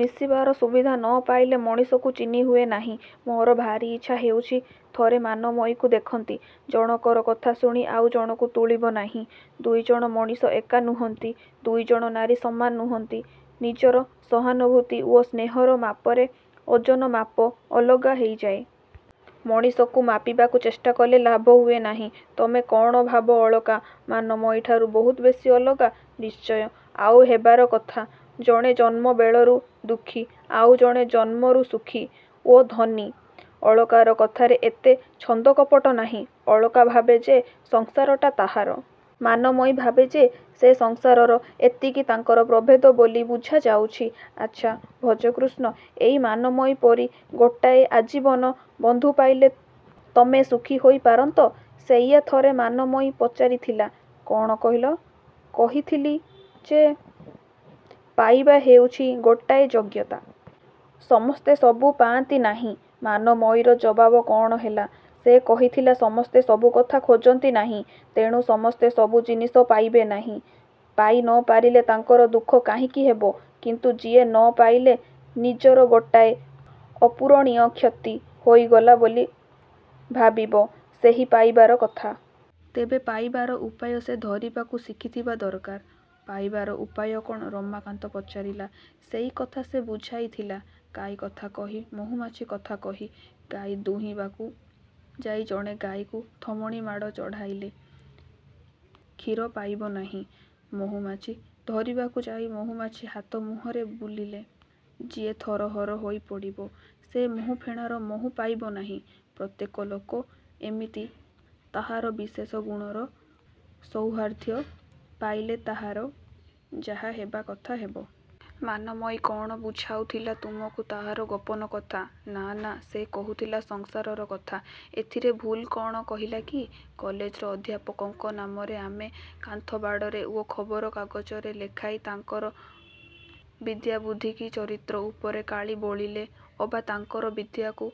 ମିଶିବାର ସୁବିଧା ନ ପାଇଲେ ମଣିଷକୁ ଚିହ୍ନିହୁଏ ନାହିଁ। -ମୋର ଭାରି ଇଛା ହେଉଛି ଥରେ ମାନମୟୀକୁ ଦେଖନ୍ତି। -ଜଣକର କଥାଶୁଣି ଆଉ ଜଣକୁ ତୁଳିବ ନାହିଁ। ଦୁଇଜଣ ମଣିଷ ଏକା ନୁହଁନ୍ତି। ଦୁଇଜଣ ନାରୀ ସମାନ ନୁହଁନ୍ତି। ନିଜର ସହାନୁଭୂତି ଓ ସ୍ନେହର ମାପରେ ଓଜନ ମାପ ଅଲଗା ହେଇଯାଏ। ମଣିଷକୁ ମାପିବାକୁ ଚେଷ୍ଟାକଲେ ଲାଭ ହୁଏ ନାହିଁ। -ତମେ କ'ଣ ଭାବ ଅଳକା ମାନମୟୀଠାରୁ ବହୁତ ବେଶୀ ଅଲଗା? -ନିଶ୍ଚୟ! ଆଉ ହେବାର କଥା। ଜଣେ ଜନ୍ମବେଳରୁ ଦୁଃଖୀ। ଆଉ ଜଣେ ଜନ୍ମରୁ ସୁଖୀ ଓ ଧନୀ। ଅଳକାର କଥାରେ ଏତେ ଛନ୍ଦକପଟ ନାହିଁ। ଅଳକା ଭାବେ ଯେ ସଂସାରଟା ତାହାର। ମାନମୟୀ ଭାବେ ଯେ ସେ ସଂସାରର-ଏତିକି ତାଙ୍କର ପ୍ରଭେଦ ବୋଲି ବୁଝା ଯାଉଛି। -ଆଛା, ଭଜକୃଷ୍ଣ, ଏଇ ମାନମୟୀ ପରି ଗୋଟାଏ ଆଜୀବନ ବନ୍ଧୁ ପାଇଲେ ତମେ ସୁଖୀ ହୋଇ ପାରନ୍ତ? -ସେଇଆ ଥରେ ମାନମୟୀ ପଚାରିଥିଲା। -କ'ଣ କହିଲ? -କହିଥିଲି ଯେ ପାଇବା ହେଉଛି ଗୋଟାଏ ଯୋଗ୍ୟତା। ସମସ୍ତେ ସବୁ ପାଆନ୍ତି ନାହିଁ। -ମାନମୟୀର ଜବାବ କ'ଣ ହେଲା? -ସେ କହିଥିଲା ସମସ୍ତେ ସବୁକଥା ଖୋଜନ୍ତି ନାହିଁ। ତେଣୁ ସମସ୍ତେ ସବୁ ଜିନିଷ ପାଇବେ ନାହିଁ। ପାଇ ନ ପାରିଲେ ତାଙ୍କର ଦୁଃଖ କାହିଁକି ହେବ? କିନ୍ତୁ ଯିଏ ନ ପାଇଲେ ନିଜର ଗୋଟାଏ ଅପୂରଣୀୟ କ୍ଷତି ହୋଇଗଲା ବୋଲି ଭାବିବ-ସେହି ପାଇବାର କଥା। ତେବେ ପାଇବାର ଉପାୟ ସେ ଧରିବାକୁ ଶିଖିଥିବା ଦରକାର। -ପାଇବାର ଉପାୟ କ'ଣ? -ରମାକାନ୍ତ ପଚାରିଲା। -ସେଇ କଥା ସେ ବୁଝାଇଥିଲା ଗାଈକଥା କହି-ମହୁମାଛି କଥା। କହି। ଗାଈ ଦୁହିଁବାକୁ ଯାଇ ଜଣେ ଗାଈକୁ ଥୋମଣିମାଡ଼ ଚଢ଼ାଇଲେ କ୍ଷୀର ପାଇବ ନାହିଁ। ମହୁମାଛି ଧରିବାକୁ ଯାଇ ମହୁମାଛି ହାତ ମୁହଁରେ ବୁଲିଲେ ଯିଏ ଥରହର ହୋଇ ପଡ଼ିବ, ସେ ମହୁଫେଣାର ମହୁ ପାଇବ ନାହିଁ ପ୍ରତ୍ୟେକ ଲୋକ ଏମିତି ତାହାର ବିଶେଷ ଗୁଣର ସୌହାର୍ଦ୍ଦ୍ୟ ପାଇଲେ ତାହାର ଯାହା ହେବା କଥା ହେବ। -ମାନମୟୀ କ'ଣ ବୁଝାଉଥିଲା ତୁମକୁ ତାହାର ଗୋପନ କଥା? -ନା-ନା। ସେ କହୁଥିଲା ସଂସାରର କଥା। ଏଥିରେ ଭୁଲ କ'ଣ କହିଲା କି? କଲେଜର ଅଧ୍ୟାପକଙ୍କ ନାମରେ ଆମେ କାନ୍ଥବାଡ଼ରେ ଓ ଖବର କାଗଜରେ ଲେଖାଇ ତାଙ୍କର ବିଦ୍ୟାବୁଦ୍ଧି କି ଚରିତ୍ର ଉପରେ କାଳି ବୋଳିଲେ ଅବା ତାଙ୍କର ବିଦ୍ୟାକୁ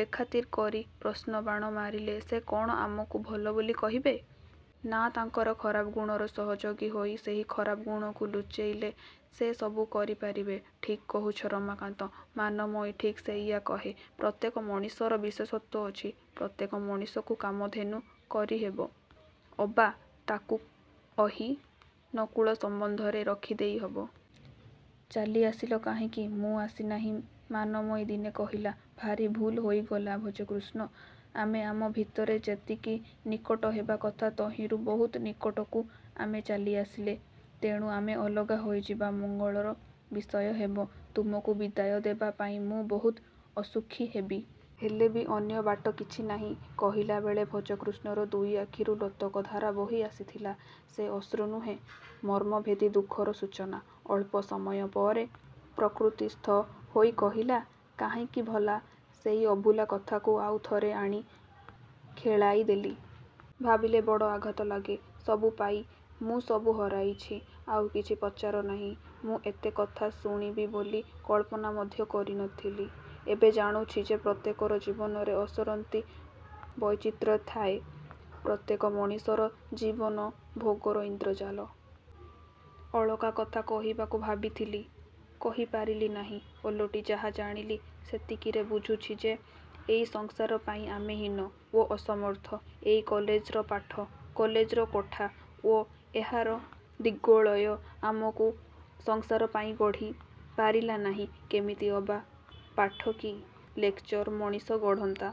ବେଖାତିର କରି ପ୍ରଶ୍ନବାଣ ମାରିଲେ ସେ କ'ଣ ଆମକୁ ଭଲ ବୋଲି କହିବେ? -ନା, ତାଙ୍କର ଖରାପ ଗୁଣର ସହଯୋଗୀ ହୋଇ ସେହି ଖରାପ ଗୁଣକୁ ଲୁଚାଇଲେ ସେ ସବୁ କରି ପାରିବେ। -ଠିକ୍ କହୁଛ, ରମାକାନ୍ତ। ମାନମୟୀ ଠିକ୍ ସେଇଆ କହେ। ପ୍ରତ୍ୟେକ ମଣିଷର ବିଶେଷତ୍ୱ ଅଛି। ପ୍ରତ୍ୟେକ ମଣିଷକୁ କାମଧେନୁ କରିହେବ ଅବା ତା'କୁ ଅହି-ନକୁଳ ସମ୍ୱନ୍ଧରେ ରଖିଦେଇ ହେବ। -ଚାଲି ଆସିଲ କାହିଁକି? -ମୁଁ ଆସି ନାହିଁ। ମାନମୟୀ ଦିନେ କହିଲା-ଭାରି ଭୁଲ ହୋଇଗଲା ଭଜକୃଷ୍ଣ। ଆମେ ଆମ ଭିତରେ ଯେତିକି ନିକଟ ହେବା କଥା ତହିଁରୁ ବହୁତ ନିକଟକୁ ଆମେ ଚାଲି ଆସିଲେ। ତେଣୁ ଆମେ ଅଲଗା ହୋଇଯିବା ମଙ୍ଗଳର ବିଷୟ ହେବ। ତୁମକୁ ବିଦାୟ ଦେବା ପାଇଁ ମୁଁ ବହୁତ ଅସୁଖୀ ହେବି। ହେଲେ ବି ଅନ୍ୟ ବାଟ କିଛି ନାହିଁ। କହିଲା ବେଳେ ଭଜକୃଷ୍ଣର ଦୁଇ ଆଖିରୁ ଲୋତକଧାରା ବହି ଆସିଥିଲା। ସେ ଅଶ୍ରୁ ନୁହେଁ-ମର୍ମଭେଦୀ ଦୁଃଖର ସୂଚନା। ଅଳ୍ପ ସମୟ ପରେ ପ୍ରକୃତିସ୍ଥ ହୋଇ କହିଲା-କାହିଁକି ଭଲା ସେଇ ଅଭୁଲା କଥାକୁ ଆଉ ଥରେ ଆଣି ଖେଳାଇ ଦେଲି। ଭାବିଲେ ବଡ଼ ଆଘାତ ଲାଗେ। ସବୁ ପାଇ ମୁଁ ସବୁ ହରାଇଛି। ଆଉ କିଛି ପଚାର ନାହିଁ-। ମୁଁ ଏତେ କଥା ଶୁଣିବି ବୋଲି କଳ୍ପନା ମଧ୍ୟ କରି ନ ଥିଲି। ଏବେ ଜାଣୁଛି ଯେ ପ୍ରତ୍ୟେକର ଜୀବନରେ ଅସରନ୍ତି ବୈଚିତ୍ର୍ୟ ଥାଏ। ପ୍ରତ୍ୟେକ ମଣିଷର ଜୀବନ ଭୋଗର ଇନ୍ଦ୍ରଜାଲ-। ଅଳକା କଥା କହିବାକୁ ଭାବିଥିଲି। କହି ପାରିଲି ନାହିଁ। ଓଲଟି ଯାହା ଜାଣିଲି ସେତିକିରେ ବୁଝୁଛି ଯେ ଏଇ ସଂସାର ପାଇଁ ଆମେ ହୀନ ଓ ଅସମର୍ଥ। ଏଇ କଲେଜର ପାଠ, କଲେଜର କୋଠା ଓ ଏହାର ଦିଗ୍ବଳୟ ଆମକୁ ସଂସାର ପାଇଁ ଗଢ଼ି ପାରିଲା ନାହିଁ। -କେମିତି ଅବା ପାଠ କି ଲେକଚର ମଣିଷ ଗଢ଼ନ୍ତା?